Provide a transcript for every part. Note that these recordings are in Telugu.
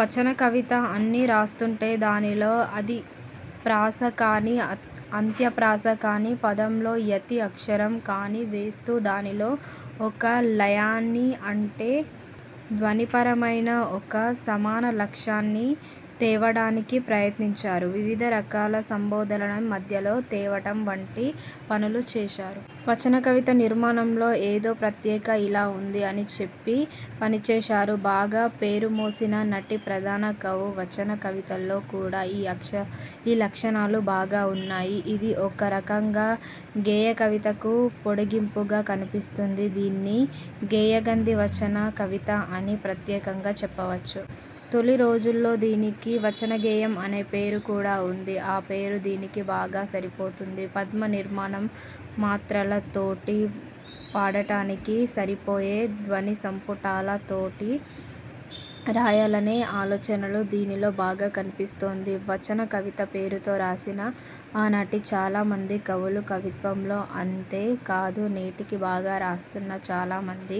వచన కవిత అని రాస్తూనే దానిలో ఆది ప్రాస కాని, అంత్య ప్రాస కాని, పాదంలో యతి అక్షరం కాని వేస్తూ దానిలో ఒక లయని అంటే ధ్వనిపరమైన ఒక సమాన లక్షణాలని తేవడానికి ప్రయత్నించారు. వివిధ రకాల సంబోధనలని మధ్యలో తేవడం వంటి పనులు చేశారు. వచనకవిత నిర్మాణంలో ఏదో ప్రత్యేక ఇలా ఉంది అని చెప్పే పనిచేశారు. బాగా పేరుమోసిన నాటి ప్రధాన కవుల వచన కవితలో కూడా ఈ లక్షణాలు బాగా ఉన్నాయి. ఇది ఒక రకంగా గేయ కవితకు పొడిగింపుగా కనిపిస్తుంది. దీన్ని గేయగంధి వచన కవిత అని ప్రత్యేకంగా చెప్పవచ్చు. తొలి రోజుల్లో దీనికి వచనగేయం అనే పేరు కూడా ఉంది. ఆపేరు దీనికి బాగా సరిపోతుంది. పాద నిర్మాణంలో మాత్రల తోటి పాడటానికి సరిపోయే ధ్వనిసంపుటాల తోటి రాయాలనే ఆలోచన దీనిలో బాగా కనిపిస్తుంది. వచన కవిత పేరుతో రాసిన ఆనాటి చాలా మంది కవుల కవిత్వంలో, అంతే కాదు నేటికీ బాగా రాస్తున్న చాలా మంది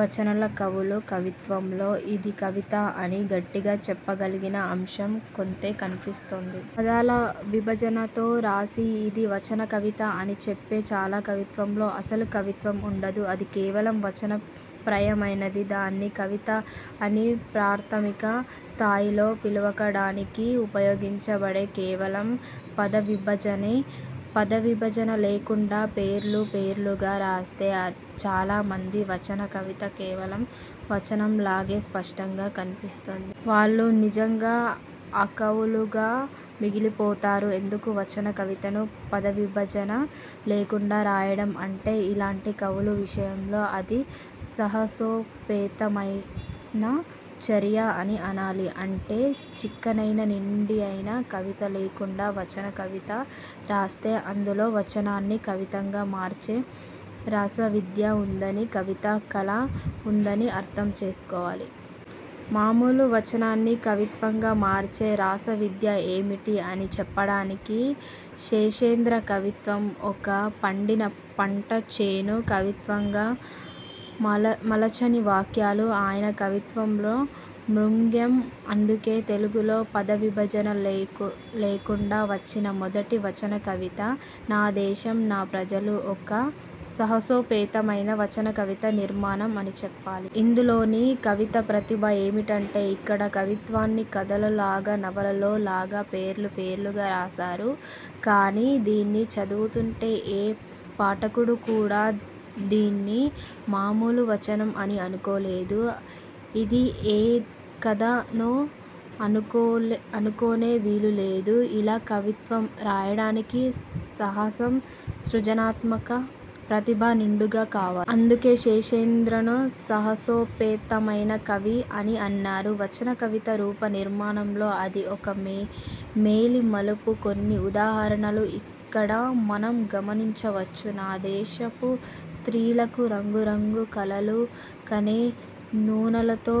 వచన కవుల కవిత్వంలో ఇది కవిత అని గట్టిగా చెప్పగలిగిన అంశం కొంతే కనిపిస్తుంది. పాదాల విభజనతో రాసి ఇది వచన కవిత అని చెప్పే చాలా కవిత్వంలో అసలు కవిత్వం ఉండదు. అది కేవల వచన ప్రాయమైనది. దాన్ని కవిత అని ప్రాథమిక స్థాయిలో పిలవ డానికి ఉపయోగపడేది కేవలం పాదవిభజనే. పాదవిభజన లేకుండా పేరాలు పేరాలుగా రాస్తే చాలా మంది వచన కవిత కేవలం వచనంలాగే స్పష్టంగా కనిపిస్తుంది. వాళ్ళు నిజంగా అకవులుగా మిగిలిపోతారు. అందుకే వచన కవితను పాద విభజన లేకుండా రాయడం అంటే ఇలాంటి కవుల విషయంలో అది సాహసోపేతమైన చర్య అని అనాలి. అంటే చిక్కనైన నిండైన కవిత లేకుండా వచన కవిత రాస్తే అందులో వచనాన్ని కవిత్వంగా మార్చే రసవిద్య ఉందని, కవితా కళ ఉందని అర్థం చేసుకోవాలి. మామూలు వచనాన్ని కవిత్వంగా మార్చే రసవిద్య ఏమిటి అని చెప్పడానికి శేషేంద్ర కవిత్వం ఒక పండిన పంటచేను. కవిత్వంగా మలచని వాక్యాలు ఆయన కవిత్వంలో మృగ్యం. అందుకే తెలుగులో పాద విభజన లేకుం డా వచ్చిన మొదటి వచనకవిత 'నాదేశం నా ప్రజలు' ఒక సాహసోపేతమైన వచనకవితా నిర్మాణం అని చెప్పాలి. ఇందులోని కవి ప్రతిభ ఏమంటే ఇక్కడ కవిత్వాన్ని కథలో లాగా నవలలో లాగా పేరాలు పేరాలుగా రాసారు. కాని దీన్ని చదువుతుంటే ఏ పాఠకుడు కూడా దీన్ని మాములు వచనం అని అనుకోలేడు. ఇది ఏ కథ అనో అనుకునే వీలు లేదు. ఇలా కవిత్వం రాయడానికి సాహసం, సృజనాత్మక ప్రతిభ నిండుగా కావాలి. అందుకే శేషేంద్రను సాహసోపే తమైన కవి అని అన్నాను. వచన కవిత రూప నిర్మాణంలో ఇది ఒక మేలి మలుపు. కొన్ని ఉదాహరణలు ఇక్కడ మనం గమనించవచ్చు: ''నా దేశపు స్త్రీలకు రంగు రంగుల కలలు కనే నూలుతో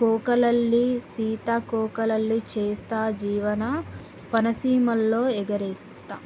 కోకలల్లి, సీతాకోకల్ని చేస్తా, జీవన వనసీమల్లో ఎగరేస్తా.